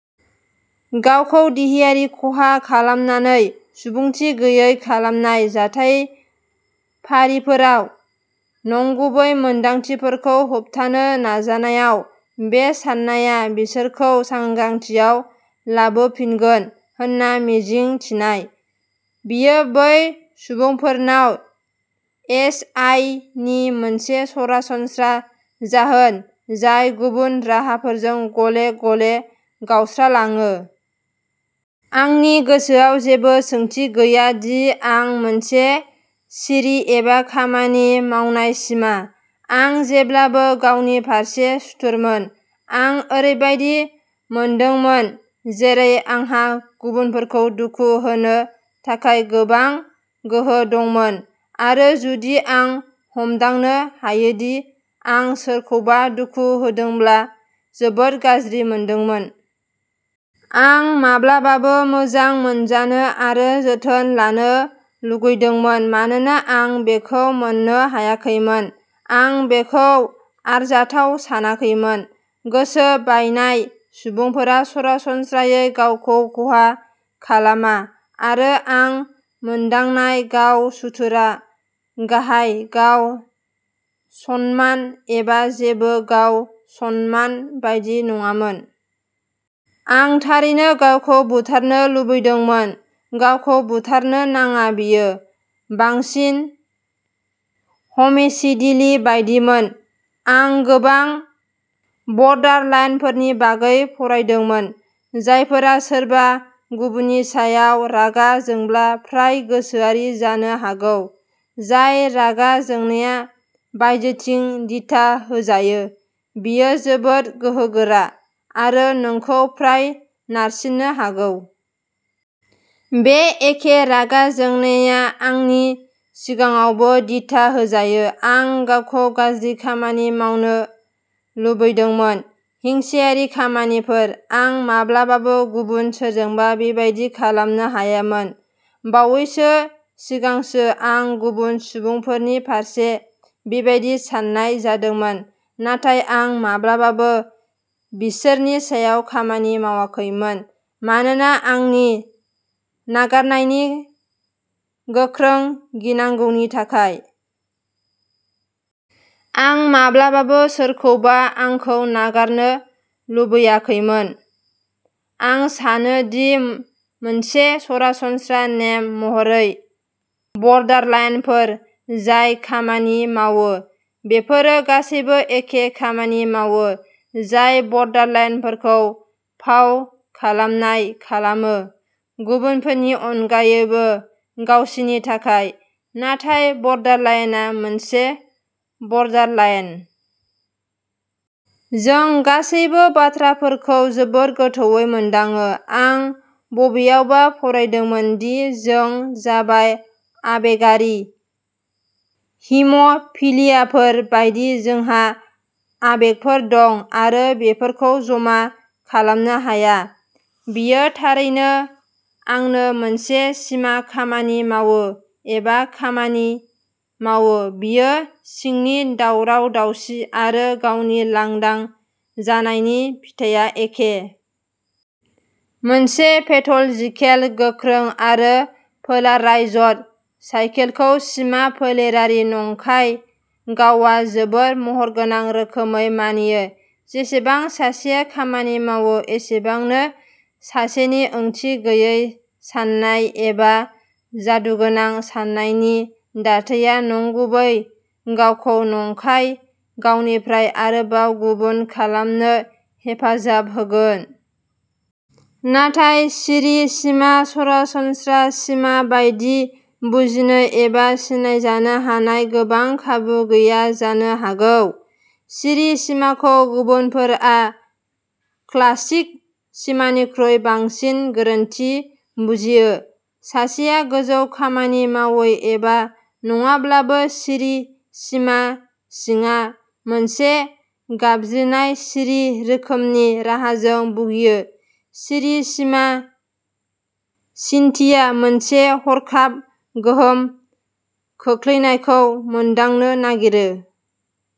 गावखौ देहायारि खहा खालामनानै सुबुंथि गैयै खालामनाय जाथायफारिफोराव नंगुबै मोन्दांथिफोरखौ होबथानो नाजानायाव बे सान्नाया बिसोरखौ सांग्रांथियाव लाबोफिनगोन होनना मिजिं थिनाय। बेयो बै सुबुंफोरनाव एस. आइ. नि मोनसे सरासनस्रा जाहोन जाय गुबुन राहाफोरजों गले-गले गावस्रालाङो। आंनि गोसोआव जेबो सोंथि गैया दि आं मोनसे सिरि एबा खामानि मावनाय सिमा। आं जेब्लाबो गावनि फारसे सुथुरमोन। आं ओरैबायदि मोनदोंमोन जेरै आंहा गुबुनफोरखौ दुखु होनो थाखाय गोबां गोहो दंमोन आरो जुदि आं हमदांनो हायोदि आं सोरखौबा दुखु होदोंब्ला जोबोद गाज्रि मोनदोंमोन। आं माब्लाबाबो मोजां मोनजानो आरो जोथोन लानो लुगैदोंमोन। मानोना आं बेखौ मोननो हायाखैमोन, आं बेखौ आरजाथाव सानाखैमोन। गोसो बायनाय सुबुंफोरा सरासनस्रायै गावखौ खहा खालामा, आरो आं मोनदांनाय गाव-सुथुरआ गाहाय गाव-सनमान एबा जेबो गाव-सन्मान बायदि नङामोन। आं थारैनो गावखौ "बुथारनो" लुगैदोंमोन, गावखौ बुथारनो नङा बेयो। बांसिन ह'मिसिदेलि बायदिमोन। आं गोबां बर्डारलाइनफोरनि बागै फरायदोंमोन, जायफोरा सोरबा गुबुननि सायाव रागा जोंब्ला फ्राय गोसोआरि जानो हागौ। जाय रागा जोंनाया बायजोथिं दिथा होजायो, बेयो जोबोद गोहोगोरा आरो नोंखौ फ्राय नारसिन्नो हागौ। बे एखे रागा जोंनाया आंनि सिङावबो दिथा होजायो। आं गावखौ गाज्रि खामानि मावनो लुबैदोंमोन, हिंसायारि खामानिफोर। आं माब्लाबाबो गुबुन सोरजोंबा बेबादि खालामनो हायामोन। बावैसो सिगांसो आं गुबुन सुबुंफोरनि फारसे बेबादि साननाय जादोंमोन। नाथाय आं माब्लाबाबो बिसोरनि सायाव खामानि मावाखैमोन मानोना आंनि नागारनायनि गोख्रों गिनांगौनि थाखाय। आं माब्लाबाबो सोरखौबा आंखौ नागारनो लुबैयाखैमोन। आं सानो दि मोनसे सरासनस्रा नेम महरै बर्डारलाइनफोर जाय खामानि मावो, बेफोर गासैबो एखे खामानि मावो, जाय बर्डारलाइनफोरखौ "फाव खालामनाय" खालामो, गुबुनफोरनि अनगायै गावसिनि थाखाय। नाथाय बर्डारलाइनआ मोनसे बर्डारलाइन। जों गासैबो बाथ्राफोरखौ जोबोद गोथौवै मोनदाङो। आं बबेयावबा फरायदोंमोन दि जों जाबाय आबेगारि हिम'फिलियाफोर बायदि जोंहा आबेगफोर दं आरो बेफोरखौ जमा खालामनो हाया। बेयो थारैनो आंनो मोनसे सिमा खामानि मावो एबा खामानि मावो बिनि सिंनि दावराव-दावसि आरो गावनि लांदां जानायनि फिथाया एखे। मोनसे पेथ'ल'जिकेल, गोख्रों, आरो पोलाराइज्ड साइकेलखौ सिमा फोलेरारि नंखाय गावआ जोबोद महरगोनां रोखोमै मानियो। जेसेबां सासेया खामानि मावो एसेबांनो सासेनि ओंथि गैयै साननाय एबा जादुगोनां साननायनि दाथाया नंगुबै गावखौ नंखाय गावनिफ्राय आरोबाव गुबुन खालामनो हेफाजाब होगोन। नाथाय सिरि सिमा सरासनस्रा सिमा बायदि बुजिनो एबा सिनायजानो हानाय गोबां खाबु गैया जानो हागौ। सिरि सिमाखौ गुबुनफोरा क्लासिक सिमानिख्रुइ बांसिन गोरोन्थि बुजियो। सासेया गोजौ खामानि मावै एबा नङाब्लाबो सिरि सिमा सिङा मोनसे गाबज्रिनाय सिरि रोखोमनि राहाजों भुगियो। सिरि सिमा सिन्थिया मोनसे हरखाब गोहोम खोख्लैनायखौ मोनदांनो नागिरो।